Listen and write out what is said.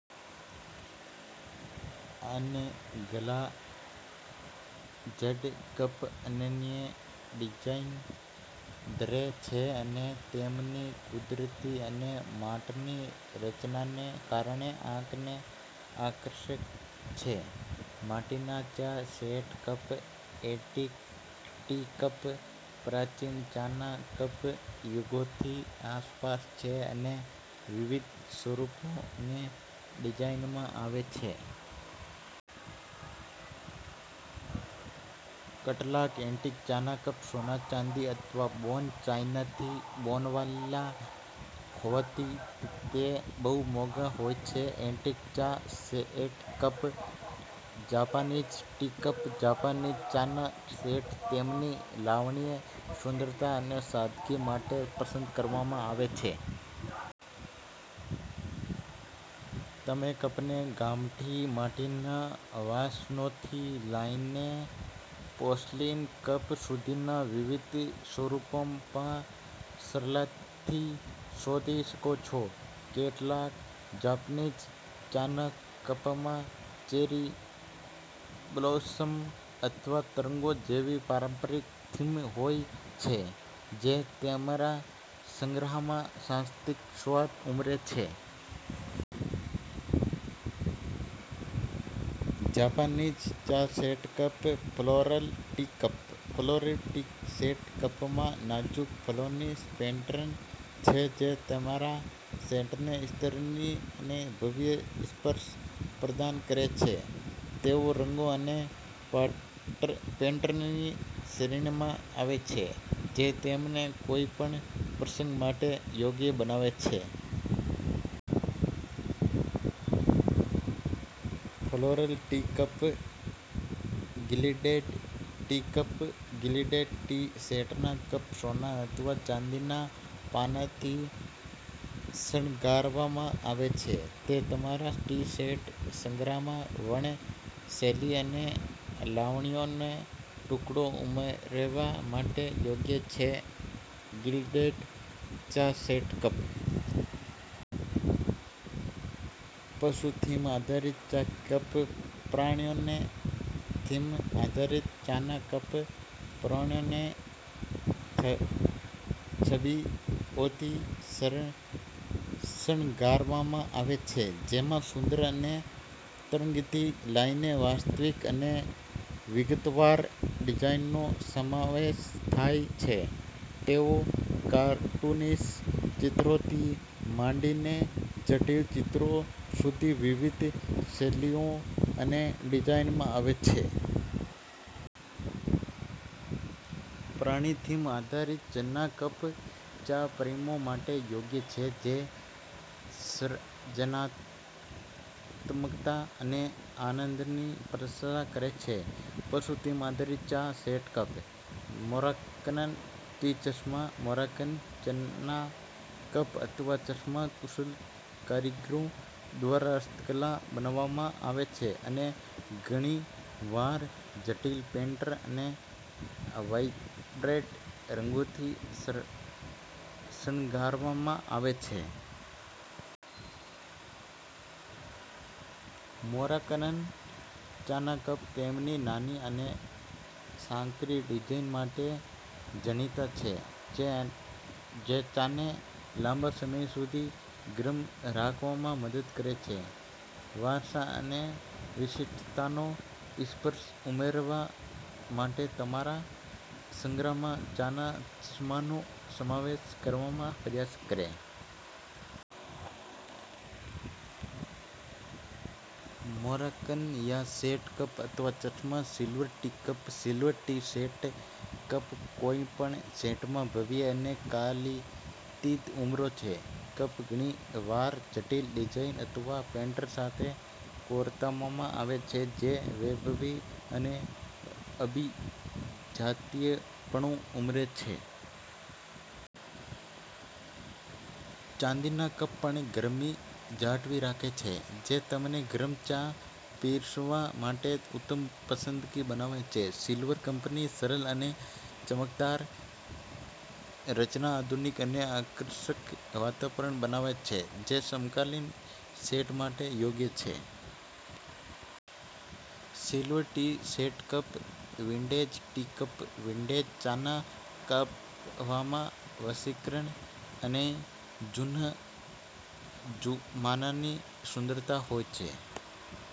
Unglazed cup અનન્ય design ધરાવે છે અને તેમની કુદરતી અને માટીની રચનાને કારણે આંખને આકર્ષે છે. માટીના ચા set cup. Antique tea cup. પ્રાચીન ચાના કપ યુગોથી આસપાસ છે અને વિવિધ સ્વરૂપો અને ડિઝાઇનમાં આવે છે. કેટલાક એન્ટિક ચાના કપ સોના, ચાંદી અથવા બોન ચાઈનાથી બનેલા હોવાથી તે ખૂબ મોંઘા હોય છે. એન્ટિક ચા set cup. Japanese tea cup. Japanese ચાના સેટ તેમની લાવણ્ય, સુંદરતા અને સાદગી માટે પસંદ કરવામાં આવે છે. તમે કપને ગામઠી માટીના વાસણોથી લઈને પોર્સેલેઈન કપ સુધીના વિવિધ સ્વરૂપોમાં સરળતાથી શોધી શકો છો. કેટલાક જાપાનીઝ ચાના કપમાં ચેરી બ્લોસમ અથવા તરંગો જેવી પરંપરાગત થીમ હોય છે, જે તમારા સંગ્રહમાં સાંસ્કૃતિક સ્વાદ ઉમેરે છે. જાપાનીઝ ચા set cup. Floral tea cup. Floral tea set કપમાં નાજુક ફૂલોની પેટર્ન છે જે તમારા સેટને સ્ત્રીની અને ભવ્ય સ્પર્શ પ્રદાન કરે છે. તેઓ રંગો અને પેટર્નની શ્રેણીમાં આવે છે, જે તેમને કોઈપણ પ્રસંગ માટે યોગ્ય બનાવે છે. Floral tea set cup. Gilded tea cup. Gilded tea સેટના કપ સોના અથવા ચાંદીના પાનથી શણગારવામાં આવે છે. તે તમારા ટી સેટ સંગ્રહમાં વર્ગ, શૈલી અને લાવણ્યનો ટુકડો ઉમેરવા માટે યોગ્ય છે. ગિલ્ડેડ ચા સેટ કપ. પશુ-થીમ આધારિત ચા કપ. પ્રાણીઓની થીમ આધારિત ચાના કપ પ્રાણીઓની છબીઓથી શણગારવામાં આવે છે, જેમાં સુંદર અને તરંગીથી લઈને વાસ્તવિક અને વિગતવાર ડિઝાઇનનો સમાવેશ થાય છે. તેઓ કાર્ટૂનિશ ચિત્રોથી માંડીને જટિલ ચિત્રો સુધી વિવિધ શૈલીઓ અને ડિઝાઇનમાં આવે છે. પ્રાણી-થીમ આધારિત ચાના કપ ચા પ્રેમીઓ માટે યોગ્ય છે જે સર્જનાત્મકતા અને આનંદની પ્રશંસા કરે છે. પશુ-થીમ આધારિત ચા સેટ કપ. મોરોક્કન ટી ચશ્મા. મોરોક્કન ચાના કપ અથવા ચશ્મા કુશળ કારીગરો દ્વારા હસ્તકલા બનાવવામાં આવે છે અને ઘણીવાર જટિલ પેટર્ન અને વાઇબ્રન્ટ રંગોથી શણગારવામાં આવે છે. મોરોક્કન ચાના કપ તેમની નાની અને સાંકડી ડિઝાઇન માટે જાણીતા છે, જે ચાને લાંબા સમય સુધી ગરમ રાખવામાં મદદ કરે છે. વારસા અને વિશિષ્ટતાનો સ્પર્શ ઉમેરવા માટે તમારા સંગ્રહમાં ચાના ચશ્માનો સમાવેશ કરવાનો પ્રયાસ કરો. મોરોક્કન ચા સેટ કપ અથવા ચશ્મા. Silver tea cup. Silver tea set cup કોઈપણ સેટમાં ભવ્ય અને કાલાતીત ઉમેરો છે. કપ ઘણીવાર જટિલ ડિઝાઇન અથવા પેટર્ન સાથે કોતરવામાં આવે છે, જે વૈભવી અને અભિજાત્યપણુ ઉમેરે છે. ચાંદીના કપ પણ ગરમી જાળવી રાખે છે, જે તેમને ગરમ ચા પીરસવા માટે ઉત્તમ પસંદગી બનાવે છે. સિલ્વર કપની સરળ અને ચમકદાર રચના આધુનિક અને આકર્ષક વાતાવરણ બનાવે છે, જે સમકાલીન સેટ માટે યોગ્ય છે. Silver tea set cup. Vintage tea cup. Vintage ચાના કપમાં વશીકરણ અને જૂના જમાનાની સુંદરતા હોય છે.